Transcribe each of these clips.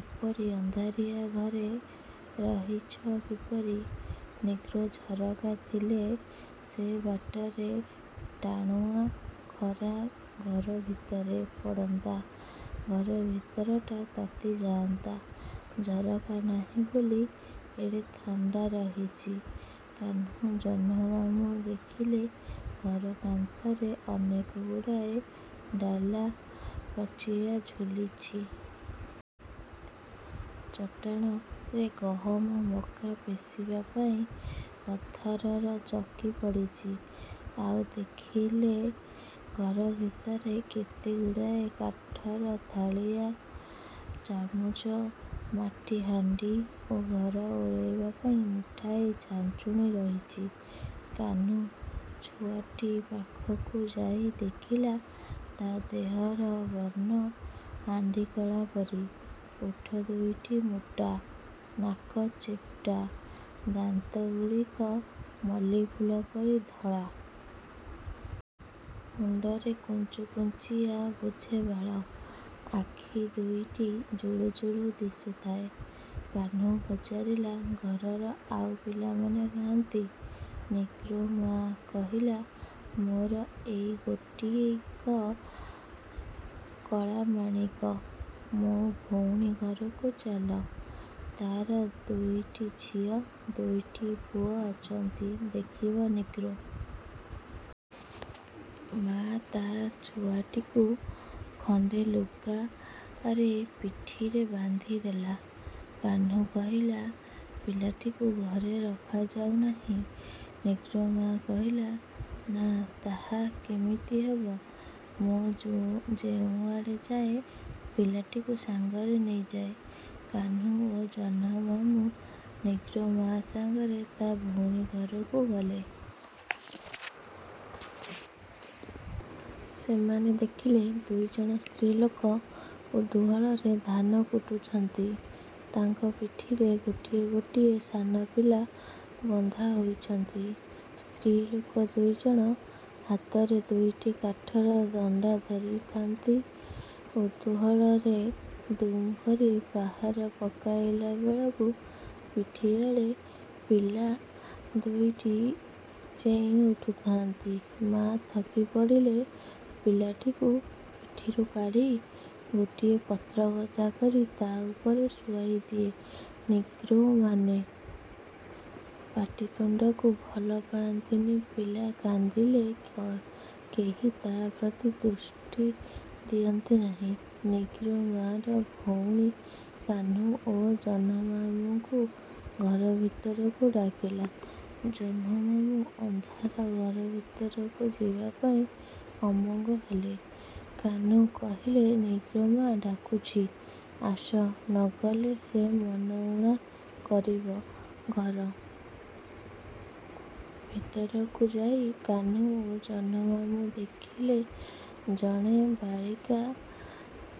ଏପରି ଅନ୍ଧାରିଆ ଘରେ ରହିଛ କିପରି? ନିଗ୍ରୋ, ଝରକା ଥିଲେ ସେ ବାଟରେ ଟାଣୁଆ ଖରା ଘର ଭିତରେ ପଡ଼ନ୍ତା। ଘର ଭିତରଟା ତାତି ଯାଆନ୍ତା। ଝରକା ନାହିଁ ବୋଲି ଏଡ଼େ ଥଣ୍ଡା ରହିଛି। କାହ୍ନୁ ଜହ୍ନମାମୁଁ ଦେଖିଲେ ଘର କାନ୍ଥରେ ଅନେକ ଗୁଡ଼ିଏ ଡାଲା, ପାଛିଆ ଝୁଲୁଛି। ଚଟାଣରେ ଗହମ, ମକା ପେଷିବା ପାଇଁ ପଥରର ଚକି ପଡ଼ିଛି। ଆଉ ଦେଖିଲେ, ଘର ଭିତରେ କେତେଗୁଡ଼ିଏ କାଠର ଥାଳିଆ, ଚାମୁଚ, ମାଟିହାଣ୍ଡି ଓ ଘର ଓଳାଇବା ପାଇଁ ମୁଠାଏ ଛାଞ୍ଚୁଣୀ ରହିଛି। କାହ୍ନୁ ଛୁଆଟି ପାଖକୁ ଯାଇ ଦେଖିଲା, ତା' ଦେହର ବର୍ଣ୍ଣ ହାଣ୍ଡିକଳା ପରି, ଓଠ ଦୁଇଟି ମୋଟା, ନାକ ଚେପ୍ଟା, ଦାନ୍ତଗୁଡ଼ିକ ମଲ୍ଲୀଫୁଲ ପରି ଧଳା। ମୁଣ୍ଡରେ କୁଞ୍ଚୁକୁଞ୍ଚିଆ ବୋଝେ ବାଳ, ଆଖି ଦୁଇଟି ଜୁଳୁ ଜୁଳୁ ଦିଶୁଥାଏ। କାହ୍ନୁ ପଚାରିଲା, ଘରର ଆଉ ପିଲାମାନେ କାହାଁନ୍ତି? ନିଗ୍ରୋ ମା' କହିଲା, ମୋର ଏଇ ଗୋଟିକ କଳାମାଣିକ। ମୋ ଭଉଣୀ ଘରକୁ ଚାଲ। ତା'ର ଦୁଇଟି ଝିଅ ଦୁଇଟି ପୁଅ ଅଛନ୍ତି, ଦେଖିବ। ନିଗ୍ରୋ ମା' ତା' ଛୁଆଟିକୁ ଖଣ୍ଡେ ଲୁଗାରେ ପିଠିରେ ବାନ୍ଧିଦେଲା। କାହ୍ନୁ କହିଲା, ପିଲାଟିକୁ ଘରେ ରଖାଯାଉ ନାହିଁ? ନିଗ୍ରୋ ମା' କହିଲା, ନା ତାହା କେମିତି ହବ? ମୁଁ ଯେଉଁଆଡ଼େ ଯାଏ, ପିଲାଟିକୁ ସାଙ୍ଗରେ ନେଇଯାଏ। କାହ୍ନୁ ଓ ଜହ୍ନମାମୁଁ ନିଗ୍ରୋ ମା' ସାଙ୍ଗରେ ତା' ଭଉଣୀ ଘରକୁ ଗଲେ। ସେମାନେ ଦେଖିଲେ, ଦୁଇଜଣ ସ୍ତ୍ରୀଲୋକ ଉଦୁଖଳରେ ଧାନ କୁଟୁଛନ୍ତି। ତାଙ୍କ ପିଠିରେ ଗୋଟିଏ ଗୋଟିଏ ସାନପିଲା ବନ୍ଧା ହୋଇଛନ୍ତି। ସ୍ତ୍ରୀଲୋକ ଦୁଇଜଣ ହାତରେ ଦୁଇଟି କାଠର ଦଣ୍ଡା ଧରିଥାନ୍ତି। ଉଦୁଖଳରେ ଦୁମ୍ କରି ପାହାର ପକାଇଲା ବେଳକୁ ପିଠିଆଡ଼େ ପିଲା ଦୁଇଟି ଚେଇଁ ଉଠୁଥାନ୍ତି। ମା' ଥକି ପଡ଼ିଲେ ପିଲାଟିକୁ ପିଠିରୁ କାଢ଼ି ଗୋଟିଏ ପତ୍ରଗଦା କରି ତା'ଉପରେ ଶୁଆଇ ଦିଏ। ନିଗ୍ରୋମାନେ ପାଟିତୁଣ୍ଡକୁ ଭଲ ପାଆନ୍ତି। ପିଲା କାନ୍ଦିଲେ କେହି ତା' ପ୍ରତି ଦୃଷ୍ଟି ଦିଅନ୍ତି ନାହିଁ। ନିଗ୍ରୋ ମା'ର ଭଉଣୀ, କାହ୍ନୁ ଓ ଜହ୍ନମାମୁଁଙ୍କୁ ଘର ଭିତରକୁ ଡାକିଲା। ଜହ୍ନମାମୁଁ ଅନ୍ଧାର ଘର ଭିତରକୁ ଯିବାପାଇଁ ଅମଙ୍ଗ ହେଲେ। କାହ୍ନୁ କହିଲା, ନିଗ୍ରୋ ମା' ଡାକୁଛି। ଆସ, ନ ଗଲେ ସେ ମନ ଊଣା କରିବ। ଘର ଭିତରକୁ ଯାଇ କାହ୍ନୁ ଓ ଜହ୍ନମାମୁଁ ଦେଖିଲେ, ଜଣେ ବାଳିକା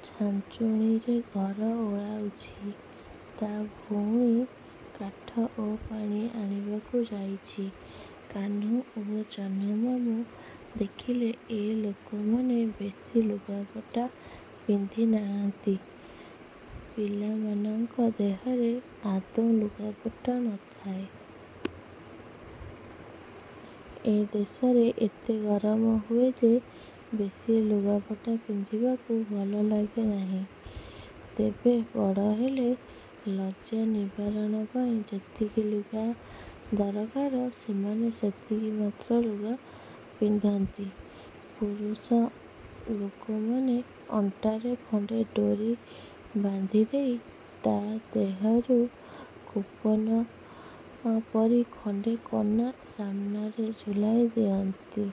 ଛାଞ୍ଚୁଣୀରେ ଘର ଓଳାଉଛି। ତା' ଭଉଣୀ କାଠ ଓ ପାଣି ଆଣିବାକୁ ଯାଇଛି। କାହ୍ନୁ ଓ ଜହ୍ନମାମୁଁ ଦେଖିଲେ ଏ ଲୋକମାନେ ବେଶି ଲୁଗାପଟା ପିନ୍ଧି ନାହାଁନ୍ତି। ପିଲାମାନଙ୍କ ଦେହରେ ଆଦୌ ଲୁଗାପଟା ନ ଥାଏ। ଏ ଦେଶରେ ଏତେ ଗରମ ହୁଏ ଯେ, ବେଶୀ ଲୁଗାପଟା ପିନ୍ଧିବାକୁ ଭଲ ଲାଗେ ନାହିଁ। ତେବେ ବଡ଼ ହେଲେ ଲଜ୍ଜା ନିବାରଣ ପାଇଁ ଯେତିକି ଲୁଗା ଦରକାର ଏମାନେ ସେତିକି ମାତ୍ର ଲୁଗା ପିନ୍ଧନ୍ତି। ପୁରୁଷ ଲୋକମାନେ ଅଣ୍ଟାରେ ଖଣ୍ଡେ ଡୋରି ବାନ୍ଧିଦେଇ ତା' ଦେହରୁ କୋପନ ପରି ଖଣ୍ଡେ କନା ସାମନାରେ ଝୁଲାଇ ଦିଅନ୍ତି।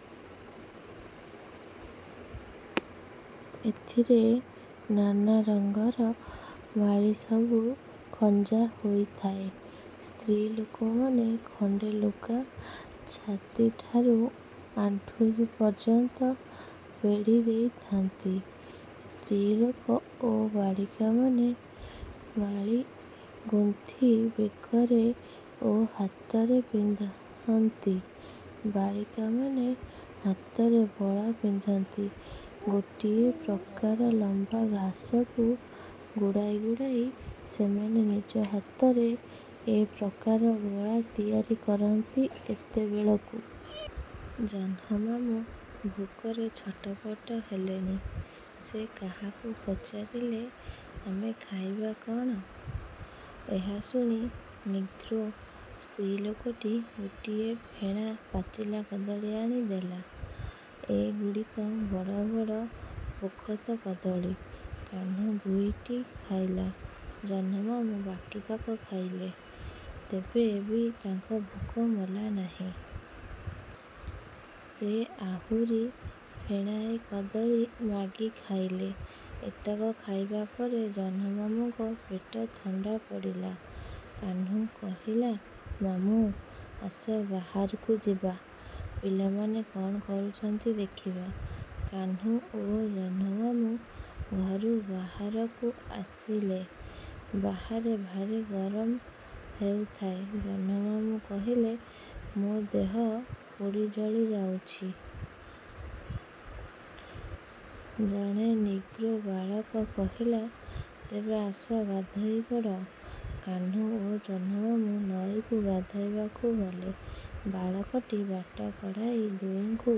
ଏଥିରେ ନାନାରଙ୍ଗର ମାଳିସବୁ ଖଞ୍ଜା ହୋଇଥାଏ। ସ୍ତ୍ରୀଲୋକମାନେ ଖଣ୍ଡେ ଲୁଗା ଛାତିଠାରୁ ଆଣ୍ଠୁ ପର୍ଯ୍ୟନ୍ତ ବେଢ଼ିଦେଇ ଥାଆନ୍ତି। ସ୍ତ୍ରୀଲୋକ ଓ ବାଳିକାମାନେ ମାଳି ଗୁନ୍ଥି ବେକରେ ଓ ହାତରେ ପିନ୍ଧନ୍ତି। ବାଳିକାମାନେ ହାତରେ ବଳା ପିନ୍ଧନ୍ତି। ଗୋଟାଏ ପ୍ରକାର ଲମ୍ବା ଘାସକୁ ଗୁଡ଼େଇ ଗୁଡ଼େଇ ସେମାନେ ନିଜ ହାତରେ ଏ ପ୍ରକାର ବଳା ତିଆରି କରନ୍ତି। ଏତେବେଳକୁ ଜହ୍ନମାମୁଁ ଭୋକରେ ଛଟପଟ ହେଲେଣି। ସେ କାହାକୁ ପଚାରିଲେ, ଆମେ ଖାଇବା କଅଣ? ଏହା ଶୁଣି ନିଗ୍ରୋ ସ୍ତ୍ରୀଲୋକଟି ଗୋଟାଏ ଫେଣା ପାଚିଲା କଦଳୀ ଆଣି ଦେଲା। ଏଗୁଡ଼ିକ ବଡ଼ ବଡ଼ ପୋଖତ କଦଳୀ। କାହ୍ନୁ ଦୁଇଟା ଖାଇଲା; ଜହ୍ନମାମୁଁ ବାକିତକ ଖାଇଲେ। ତେବେ ବି ତାଙ୍କ ଭୋକ ମଲା ନାହିଁ। ସେ ଆହୁରି ଫେଣାଏ କଦଳୀ ମାଗି ଖାଇଲେ। ଏତକ ଖାଇବା ପରେ ଜହ୍ନମାମୁଁଙ୍କ ପେଟ ଥଣ୍ଡା ପଡ଼ିଲା। କାହ୍ନୁ କହିଲା, ମାମୁଁ! ଆସ ବାହାରକୁ ଯିବା। ପିଲାମାନେ କ'ଣ କରୁଛନ୍ତି ଦେଖିବା। କାହ୍ନୁ ଓ ଜହ୍ନମାମୁଁ ଘରୁ ବାହାରକୁ ଆସିଲେ। ବାହାରେ ଭାରି ଗରମ ହେଉଥାଏ। ଜହ୍ନମାମୁଁ କହିଲେ, ମୋ ଦେହ ପୋଡ଼ି ଜଳି ଯାଉଛି। ଜଣେ ନିଗ୍ରୋ ବାଳକ କହିଲା, ତେବେ ଆସ, ଗାଧୋଇପଡ଼। କାହ୍ନୁ ଓ ଜହ୍ନମାମୁଁ ନଈକୁ ଗାଧୋଇବାକୁ ଗଲେ। ବାଳକଟି ବାଟ କଢ଼ାଇ ଦୁହିଁଙ୍କୁ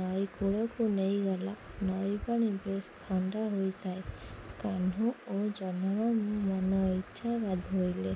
ନଈକୂଳକୁ ନେଇଗଲା। ନଈପାଣି ବେଶ୍ ଥଣ୍ଡା ହୋଇଥାଏ। କାହ୍ନୁ ଓ ଜହ୍ନମାମୁଁ ମନଇଚ୍ଛା ଗାଧୋଇଲେ।